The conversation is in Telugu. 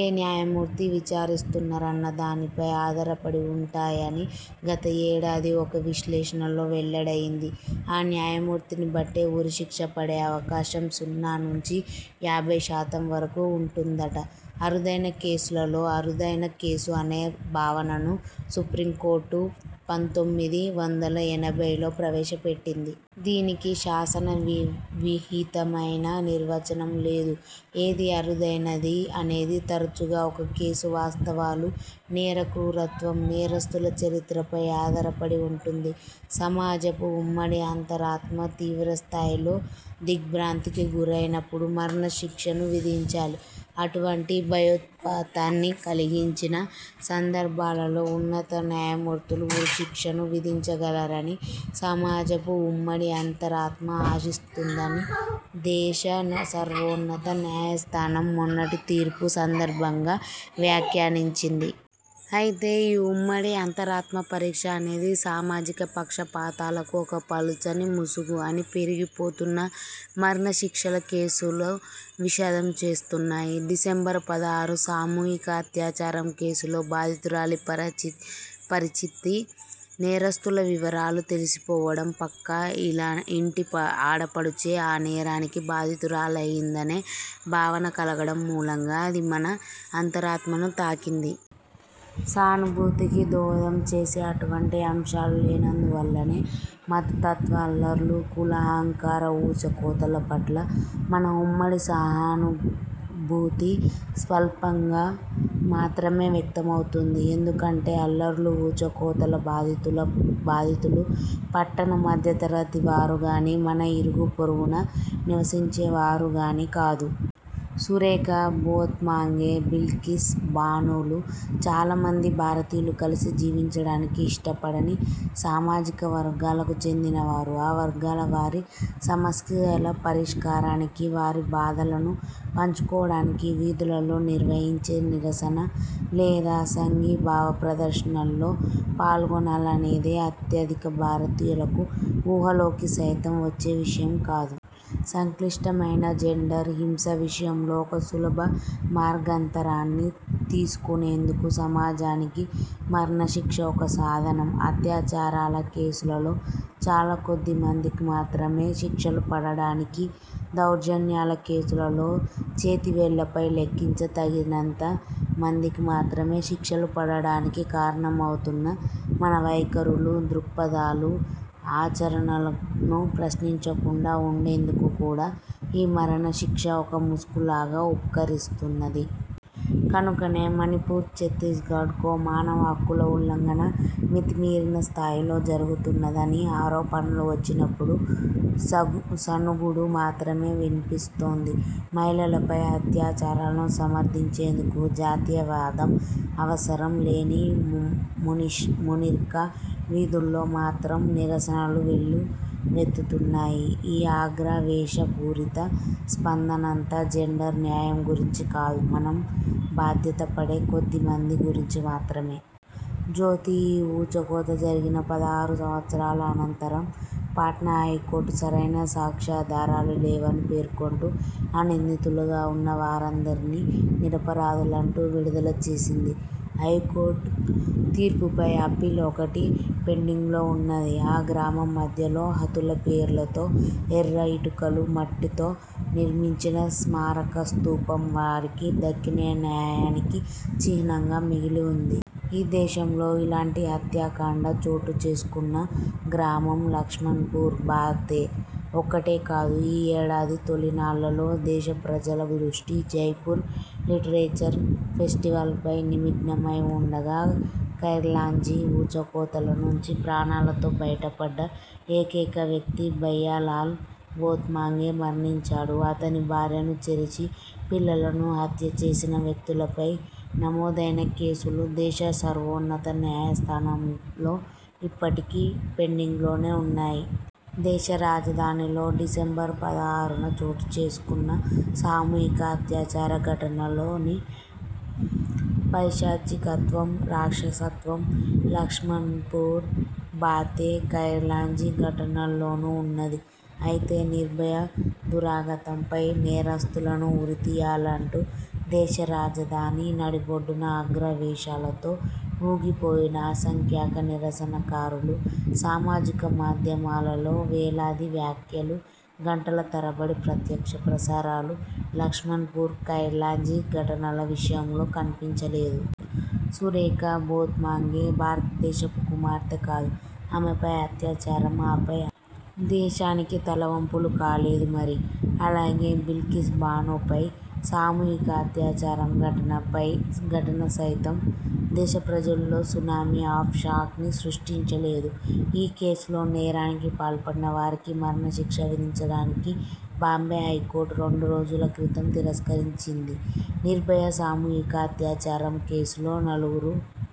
ఏ న్యాయమూర్తి విచారిస్తున్నారన్న దానిపై ఆధారపడి ఉంటాయని గత ఏడాది ఒక విశ్లేషణలో వెల్లడయింది. ఆ న్యాయమూర్తిని బట్టే ఉరిశిక్ష పడే అవకాశం సున్నా నుంచి యాభైశాతం వరకూ ఉంటుందట. 'అరుదైన కేసులలో అరుదైన కేసు' అనే భావనను సుప్రీంకోర్టు పంతొమ్మిది వందల ఎనభైలో ప్రవేశపెట్టింది. దీనికి శాసన వివిహితమైన నిర్వచనం లేదు. ఏది అరుదైనది అనేది తరచుగా ఒక కేసు వాస్తవాలు, నేర క్రూరత్వం, నేరస్థుల చరిత్ర పై ఆధారపడి వుంటుంది. 'సమాజపు ఉమ్మడి అంతరాత్మ తీవ్రస్థాయిలో దిగ్భ్రాంతికి గురయినప్పుడు మరణశిక్షను విధించాలి. అటువంటి భయోత్పాతాన్ని కల్గించిన సందర్భాలలో ఉన్నత న్యాయమూర్తులు ఉరిశిక్షను విధించగలరని సమాజపు ఉమ్మడి అంతరాత్మ ఆశిస్తుందని' దేశ సర్వోన్నత న్యాయస్థానం మొన్నటి తీర్పు సందర్భంగా వ్యాఖ్యానించింది. అయితే ఈ 'ఉమ్మడి అంతరాత్మ పరీక్ష' అనేది సామాజిక పక్షపాతాలకు ఒక పలుచని ముసుగు అని పెరిగిపోతున్న మరణ శిక్షల కేసులు విశదం చేస్తున్నాయి. డిసెంబర్ పదహారు సామూహిక అత్యాచారం కేసులో బాధితురాలి పరిచితి, నేరస్థుల వివరాలు తెలిసిపోవడం, పక్క ఇంటి ఆడపడుచే ఆ నేరానికి బాధితురాలయిందనే భావన కలగడం మూలంగ, అది మన అంతరాత్మను తాకింది. సానుభూతికి దోహదం చేసే అటువంటి అంశాలు లేనందువల్లనే మతతత్వ అల్లర్లు, కుల అహంకార ఊచకోతల పట్ల మన ఉమ్మడి సహానుభూతి స్వల్పంగా మాత్రమే వ్యక్తమవుతుంది. ఎందుకంటే అల్లర్లు, ఊచకోతల బాధితులం బాధితులు పట్టణ మధ్యతరగతి వారు గానీ, మన ఇరుగు పొరుగున నివసించే వారు గానీ కాదు. సురేఖా భోత్మాంగే, బిల్కిస్ బానోలు చాలా మంది భారతీయులు కలసి జీవించడానికి ఇష్టపడని సామాజిక వర్గాలకు చెందినవారు. ఆ వర్గాల వారి సమస్యల పరిష్కారానికి, వారి బాధలను పంచుకోవడానికి వీధులలో నిర్వహించే నిరసన లేదా సంఘీభావ ప్రదర్శనల్లో పాల్గొనాలనేది అత్యధిక భారతీయులకు ఊహలోకి సైతం వచ్చే విషయం కాదు. సంక్లిష్టమైన జెండర్ హింస విషయంలో ఒక సులభ మార్గాంతరాన్ని తీసుకొనేందుకు సమాజానికి మరణ శిక్ష ఒక సాధనం. అత్యాచారాల కేసులలో చాలాకొద్ది మందికి మాత్రమే శిక్షలు పడడానికీ, దౌర్జన్యాల కేసులలో చేతివేళ్ళపై లెక్కించదగినంత మందికి మాత్రమే శిక్షలు పడడానికి కారణమవుతున్న మన వైఖరులు, దృక్పథాలు, ఆచరణలను ప్రశ్నించకుండా వుండేందుకు కూడా ఈ మరణ శిక్ష ఒక ముసుగులాగా ఉపకరిస్తున్నది. కనుకనే మణిపూర్, ఛత్తీస్గఢ్లో మానవ హక్కుల ఉల్లంఘన మితిమీరిన స్థాయిలో జరుగుతున్నదని ఆరోపణలు వచ్చినప్పుడు సణుగుడు మాత్రమే విన్పిస్తోంది. మహిళలపై అత్యాచారాలను సమర్థించేందుకు జాతీయవాదం అవసరం లేని మునీష్ మునిర్కా వీథుల్లో మాత్రం నిరసనలు వెల్లువెత్తుతున్నాయి. ఈ ఆగ్రహావేశపూరిత స్పందనంతా జెండర్ న్యాయం గురించి కాదు మనం బాధ్యతపడే కొద్దిమంది గురించి మాత్రమే. జ్యోతి ఈ ఊచకోత జరిగిన పదహారు సంవత్సరాల అనంతరం పాట్నా హైకోర్టు, సరైన సాక్ష్యాధారాలు లేవని పేర్కొంటూ ఆ నిందితులుగా వున్నవారినందరినీ నిరపరాధులంటూ విడుదల చేసింది. హైకోర్టు తీర్పుపై అప్పీల్ ఒకటి పెండింగ్లో ఉన్నది. ఆ గ్రామం మధ్యలో హతుల పేర్లతో ఎర్ర ఇటుకలు, మట్టితో నిర్మించిన స్మారక స్తూపం వారికి దక్కిన న్యాయానికి చిహ్నంగా మిగిలి వుంది. ఈ దేశంలో ఇలాంటి హత్యాకాండ చోటుచేసుకున్న గ్రామం లక్షణ్పూర్ బాతే ఒక్కటే కాదు. ఈ ఏడాది తొలినాళ్ళలో దేశ ప్రజల దృష్టి జైపూర్ లిటరేచర్ ఫెస్టివల్పై నిమగ్నమై వుండగా, ఖైర్లాంజీ ఊచకోతల నుంచి ప్రాణాలతో బయటపడ్డ ఏకైక వ్యక్తి భయ్యాలాల్ భోత్మాంగే మరణించాడు. అతని భార్యను చెరిచి, పిల్లలను హత్య చేసిన వ్యక్తులపై నమోదైన కేసులు దేశ సర్వోన్నత న్యాయస్థానంలో ఇప్పటికీ పెండింగ్లోనే వున్నాయి. దేశ రాజధానిలో డిసెంబర్ పదహారున చోటుచేసుకున్న సామూహిక అత్యాచార ఘటనలోని పైశాచికత్వం, రాక్షసత్వం లక్ష్మణ్పూర్ బాతే, ఖైర్లాంజీ ఘటనల్లోనూ ఉన్నది. అయితే 'నిర్భయ' దురాగతంపై నేరస్థులను ఉరితీయాలంటూ దేశ రాజధాని నడిబొడ్డున ఆగ్రహావేశాలతో ఊగిపోయిన అసంఖ్యాక నిరసనకారులు, సామాజిక మాధ్యమాలలో వేలాది వ్యాఖ్యలు, గంటల తరబడి ప్రత్యక్ష ప్రసారాలు లక్ష్మణ్పూర్, ఖైర్లాంజీ ఘటనల విషయంలో కన్పించలేదు. సురేఖా భోత్మాంగే భారతదేశపు కుమార్తె కాదు ఆమెపై అత్యాచారం, ఆపై హత్య దేశానికి తలవంపులు కాలేదు మరి. అలాగే, బిల్కిస్ బానోపై సామూహిక అత్యాచారం ఘటన సైతం దేశప్రజల్లో 'సునామీ ఆఫ్ షాక్'ని సృష్టించలేదు. ఈ కేసులో నేరానికి పాల్పడిన వారికి మరణశిక్ష విధించడానికి బాంబే హైకోర్టు రెండు రోజుల క్రితం తిరస్కరించింది. 'నిర్భయ' సామూహిక అత్యాచారం కేసులో నలుగురు